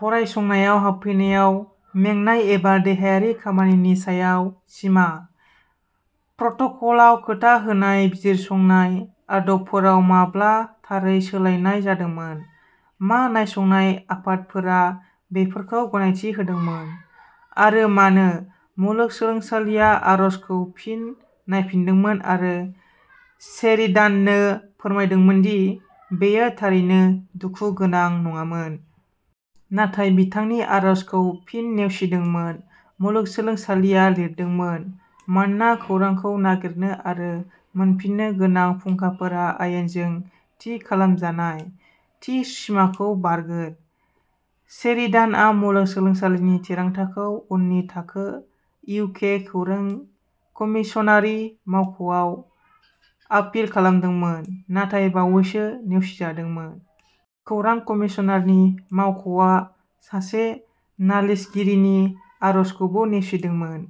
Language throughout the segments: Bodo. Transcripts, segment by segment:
फरायसंनायाव हाबफैनायाव मेंनाय एबा देहायारि खामानिनि सायाव सिमा? प्रट'कलआव खोथा होनाय बिजिरसंनाय आदबफोराव माब्ला थारै सोलायनाय जादोंमोन, मा नायसंनाय आफादफोरा बेफोरखौ गनायथि होदोंमोन, आरो मानो? मुलुगसोलोंसालिया आरजखौ फिन नायफिनदोंमोन आरो शेरिडाननो फोरमायदोंमोन दि बेयो थारैनो "दुखु गोनां" नङामोन। नाथाय बिथांनि आरजखौ फिन नेवसिदोंमोन, मुलुगसोलोंसालिया लिरदोंमोन, मानोना खौरांखौ नागिरनो आरो मोनफिन्नो गोनां फुंखाफोरा आयेनजों थि खालामजानाय "थि सिमाखौ बारगोन"। शेरिडानआ मुलुगसोलोंसालिनि थिरांथाखौ उननि थाखो, इउ. के. खौरां कमिसनारनि मावख'आव आपिल खालामदोंमोन, नाथाय बावैसो नेवसिजादोंमोन। खौरां कमिसनारनि मावख'आ सासे नालिसगिरिनि आरजखौबो नेवसिदोंमोन,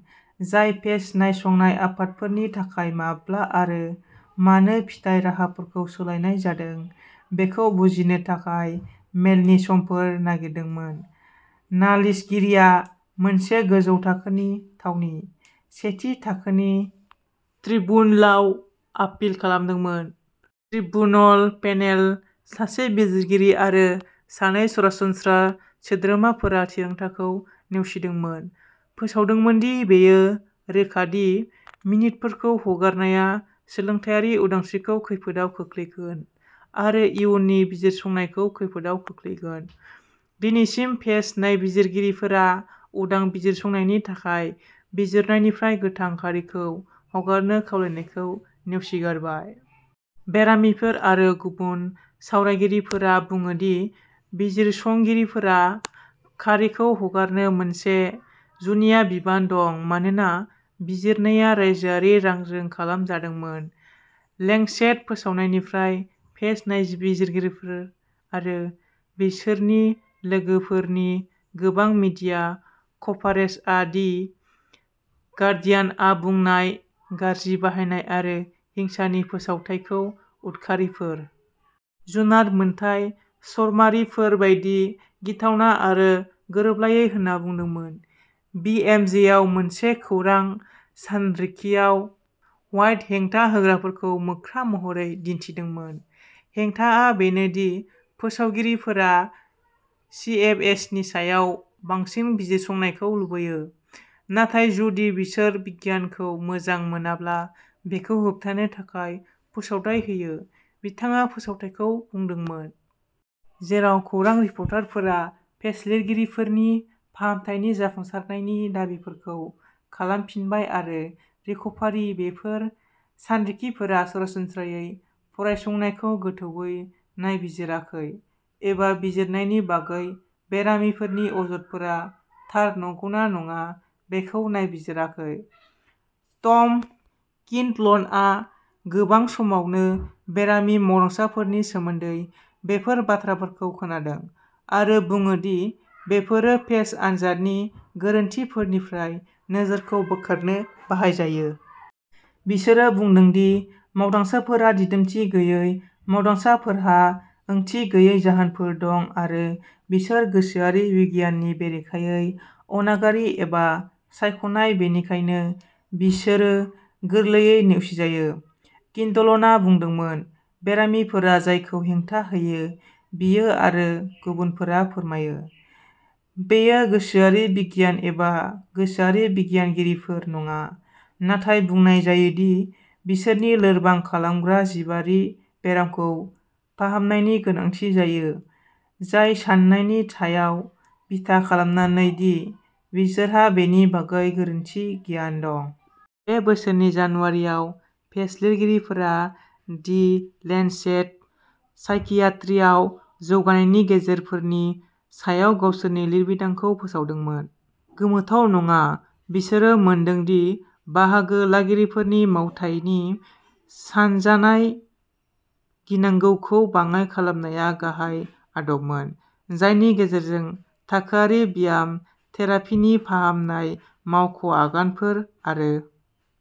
जाय पेस नायसंनाय आफादफोरनि थाखाय माब्ला आरो मानो फिथाय राहाफोरखौ सोलायनाय जादों बेखौ बुजिनो थाखाय मेलनि समफोर नागिरदोंमोन। नालिसगिरिआ मोनसे गोजौ थाखोनि थावनि, सेथि थाखोनि ट्रिब्युनलाव आपिल खालामदोंमोन। ट्रिब्युनल पेनेल-सासे बिजिरगिरि आरो सानै सरासनस्रा सोद्रोमाफोरा-थिरांथाखौ नेवसिदोंमोन, फोसावदोंमोन दि बेयो "रोखा" दि मिनितफोरखौ हगारनाया सोलोंथायारि उदांस्रिखौ खैफोदाव खोख्लैगोन आरो इयुननि बिजिरसंनायखौ खैफोदाव खोख्लैगोन। दिनैसिम, पेस नायबिजिरगिरिफोरा उदां बिजिरसंनायनि थाखाय बिजिरनायनिफ्राय गोथां खारिखौ हगारनो खावलायनायखौ नेवसिगारबाय। बेरामिफोर आरो गुबुन सावरायगिरिफोरा बुङो दि बिजिरसंगिरिफोरा खारिखौ हगारनो मोनसे जुनिया बिबान दं मानोना बिजिरनाया रायजोआरि रांजों खालामजादोंमोन। लेंसेट फोसावनायनिफ्राय, पेस नायबिजिरगिरिफोर आरो बिसोरनि लोगोफोरनि गोबां मिडिया कभारेजआ दि गार्डियानआ बुंनाय "गाज्रि बाहायनाय आरो हिंसानि फोसावथाय" खौ "उदखारिफोर... जुनार मोनथाय चरमारिफोर बायदि गिथावना आरो गोरोबलायै" होन्ना बुंदोंमोन। बिएमजेआव मोनसे खौरां सानरिखियाव, ह्वाइटआ हेंथा होग्राफोरखौ मोख्रा महरै दिन्थिदोंमोन। "हेंथाआ बेनो दि फोसावगिरिफोरा सिएफएसनि सायाव बांसिन बिजिरसंनायखौ लुबैयो, नाथाय जुदि बिसोर बिगियानखौ मोजां मोनाब्ला बेखौ होबथानो थाखाय फोसावथाय होयो", बिथाङा फोसावथायखौ बुंदोंमोन। जेराव खौरां रिपर्टफोरा पेस लिरगिरिफोरनि फाहामथायनि जाफुंसारनायनि दाबिफोरखौ खालामफिनबाय आरो "रिकभारि", बेफोर सानरिखिफोरा सरासनस्रायै फरायसंनायखौ गोथौवै नायबिजिराखै एबा बिजिरनायनि बागै बेरामिफोरनि अजदफोरा थार नंगौना नङा बेखौ नायबिजिराखै। टम किन्डल'नआ गोबां समावनो बेरामि मावदांसाफोरनि सोमोन्दै बेफोर बाथ्राफोरखौ खोनादों आरो बुङो दि बेफोरो पेस आनजादनि गोरोन्थिफोरनिफ्राय नोजोरखौ बोखारनो बाहायजायो। "बिसोरो बुंदों दि मावदांसाफोरा दिदोमथि गैयै, मावदांसाफोरहा ओंथि गैयै जाहोनफोर दं आरो बिसोर गोसोआरि बिगियाननि बेरेखायै अनागारि एबा सानख'नाय, बेनिखायनो बिसोरो गोरलैयै नेवसिजायो", किन्डल'नआ बुंदोंमोन। बेरामिफोरा जायखौ हेंथा होयो, बियो आरो गुबुनफोरा फोरमायो, बेयो गोसोआरि बिगियान एबा गोसोआरि बिगियानगिरिफोर नङा, नाथाय बुंनाय जायो दि बिसोरनि लोरबां खालामग्रा जिबारि बेरामखौ फाहामनायनि गोनांथि जायो, जाय साननायनि सायाव बिथा खालामनानै दि बिसोरहा बेनि बागै गोरोन्थि गियान दं। बे बोसोरनि जानुवारिआव, पेस लिरगिरिफोरा दि लेन्सेट साइकियाट्रीआव जौगानायनि गेजेरारिफोरनि सायाव गावसोरनि लिरबिदांखौ फोसावदोंमोन। गोमोथाव नङा, बिसोरो मोनदों दि बाहागो लागिरिफोरनि मावथायनि सानजानाय गिनांगौखौ बाङाइ खालामनाया गाहाय आदबमोन जायनि गेजेरजों थाखोआरि ब्याम थेरापीनि फाहामनाय मावआगानफोर आरो